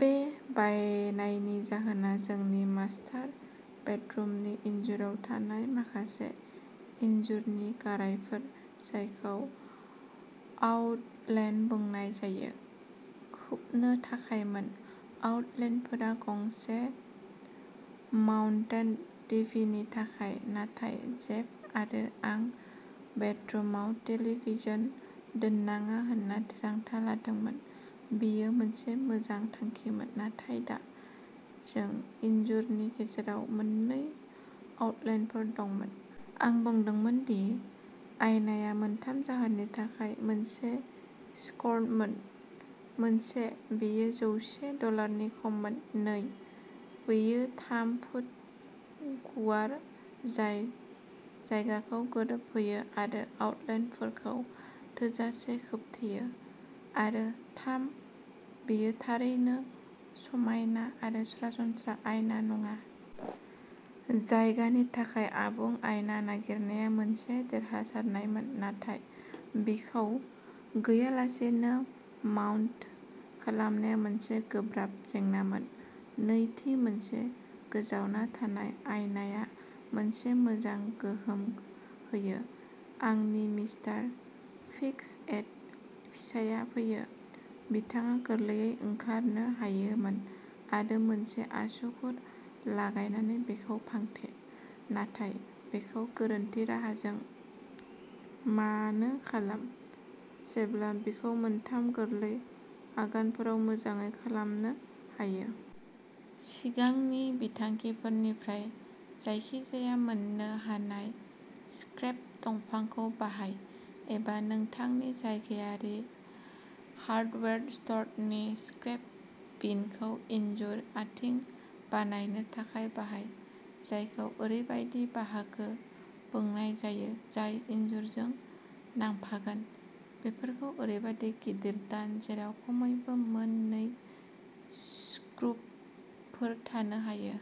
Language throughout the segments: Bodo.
बे बायनायनि जाहोना जोंनि मास्टार बेडरुमनि इनजुराव थानाय माखासे इनजुरनि गारायफोर, जायखौ आउटलेट बुंनाय जायो, खोबनो थाखायमोन। आउटलेटफोरा गंसे माउन्टेड टिभिनि थाखाय, नाथाय जेफ आरो आं बेडरुमाव टेलिभिजन दोन्नाङा होनना थिरांथा लादोंमोन। बेयो मोनसे मोजां थांखिमोन, नाथाय दा जों इनजुरनि गेजेराव मोननै आउटलेटफोर दंमोन। आं बुंदोंमोन दि बे आयनाआ मोनथाम जाहोननि थाखाय मोनसे स्करमोन। मोनसे, बेयो जौसे डलारनि खममोन। नै, बेयो थाम फुट गुवार, जाय जायगाखौ गोरोबहोयो आरो आउटलेटफोरखौ थोजासे खोबथेयो। आरो थाम, बेयो थारैनो समायना आरो सरासनस्रा आयना नङा। जायगानि थाखाय आबुं आयना नागिरनाया मोनसे देरहासारनायमोन, नाथाय बेखौ बेखौ गैयालासेनो माउन्ट खालामनाया मोनसे गोब्राब जेंनामोन। नैथि, मोनसे गोजावना थानाय आयनाआ मोनसे मोजां गोहोम होयो। आंनि मिस्टार फिक्स इट फिसायआ फैयो। बिथाङा गोरलैयै ओंखारनो हायोमोन आरो मोनसे आसुगुर लागायनानै बेखौ फांथे, नाथाय बेखौ गोरोन्थि राहाजों मानो खालाम, जेब्ला बेखौ मोनथाम गोरलै आगानफोराव मोजाङै खालामनो हायो। सिगांनि बिथांखिफोरनिफ्राय जायखिजाया मोन्नो हानाय स्क्रेप दंफांखौ बाहाय, एबा नोंथांनि जायगायारि हार्डवेर स्टरनि स्क्रेप बिनखौ इनजुर आथिं बानायनो थाखाय बाहाय, जायखौ ओरैबायदि बाहागो बुंनाय जायो जाय इनजुरजों नांफागोन। बेफोरखौ ओरैबायदि गिदिर दान, जेराव खमैबो मोन नै स्क्रुफोर थानो हायो।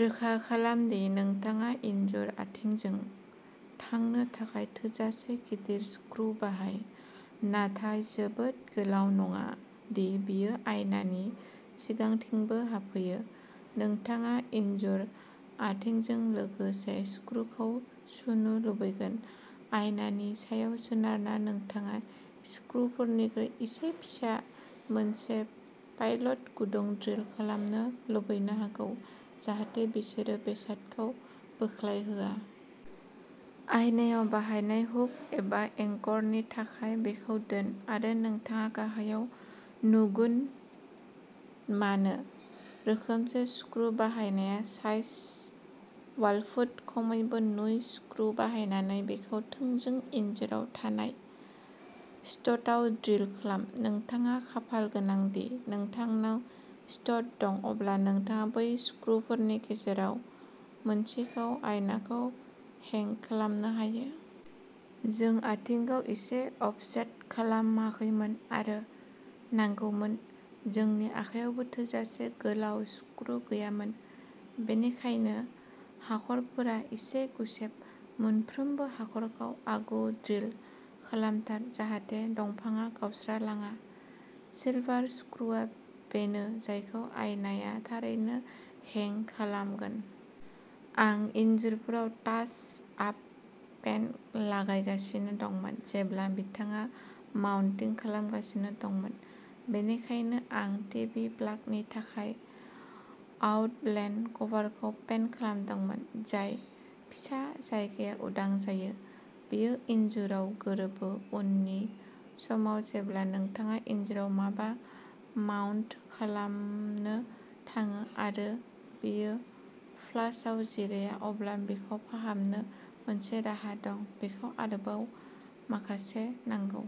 रोखा खालाम दि नोंथाङा इनजुर आथिंजों थांनो थाखाय थोजासे गिदिर स्क्रु बाहाय, नाथाय जोबोद गोलाव नङा दि बेयो आयनानि सिगांथिंबो हाबहैयो। नोंथाङा इनजुर आथिंजों लोगोसे स्क्रुखौबो सुनो लुबैगोन। आयनानि सायाव सोनारना, नोंथाङा स्क्रुफोरनिख्रुइ एसे फिसा मोनसे पाइलट गुदुं ड्रिल खालामनो लुबैनो हागौ, जाहाथे बिसोरो बेसादखौ बोख्लायहोआ। आयनाआव बानायनाय हुक एबा एंकरनि थाखाय, बेखौ दोन, आरो नोंथाङा गाहायाव नुगोन मानो। रोखोमसे स्क्रु बाहायना साइज वाल फुट, खमैबो नै स्क्रु बाहायनानै, बेखौ थोंजों इनजुराव थानाय स्टडआव ड्रिल खालाम। नोंथाङा खाफालगोनां दि नोंथांनाव स्टड दं, अब्ला नोंथाङा बै स्क्रुफोरनि गेजेराव मोनसेखौ आयनाखौ हेंग खालामनो हायो। जों आथिंखौ एसे अफसेट खालामाखैमोन आरो नांगौमोन। जोंनि आखायावबो थोजासे गोलाव स्क्रु गैयामोन, बेनिखायनो हाखरफोरा एसे गुसेब। मोनफ्रोमबो हाखरखौ आगु ड्रिल खालामथार, जाहाथे दंफांआ गावस्रालाङा। सिलभार स्क्रुआ बेनो जायखौ आयनाआ थारैनो हेंग खालामगोन। आं इनजुरफोराव टाच आप पेन्ट लागायगासिनो दंमोन जेब्ला बिथाङा माउन्टिं खालामगासिनो दंमोन, बेनिखायनो आं टिभि प्लागनि थाखाय आउटलेट कभारखौ पेन्ट खालामदोंमोन। जाय फिसा जायगाया उदां जायो, बेयो इनजुराव गोरोबो। उननि समाव जेब्ला नोंथाङा इनजुराव माबा माउन्ट खालामनो थाङो आरो बेयो फ्लासआव जिराया, अब्ला बेखौ फाहामनो मोनसे राहा दं। बेखौ आरोबाव माखासे नांगौ।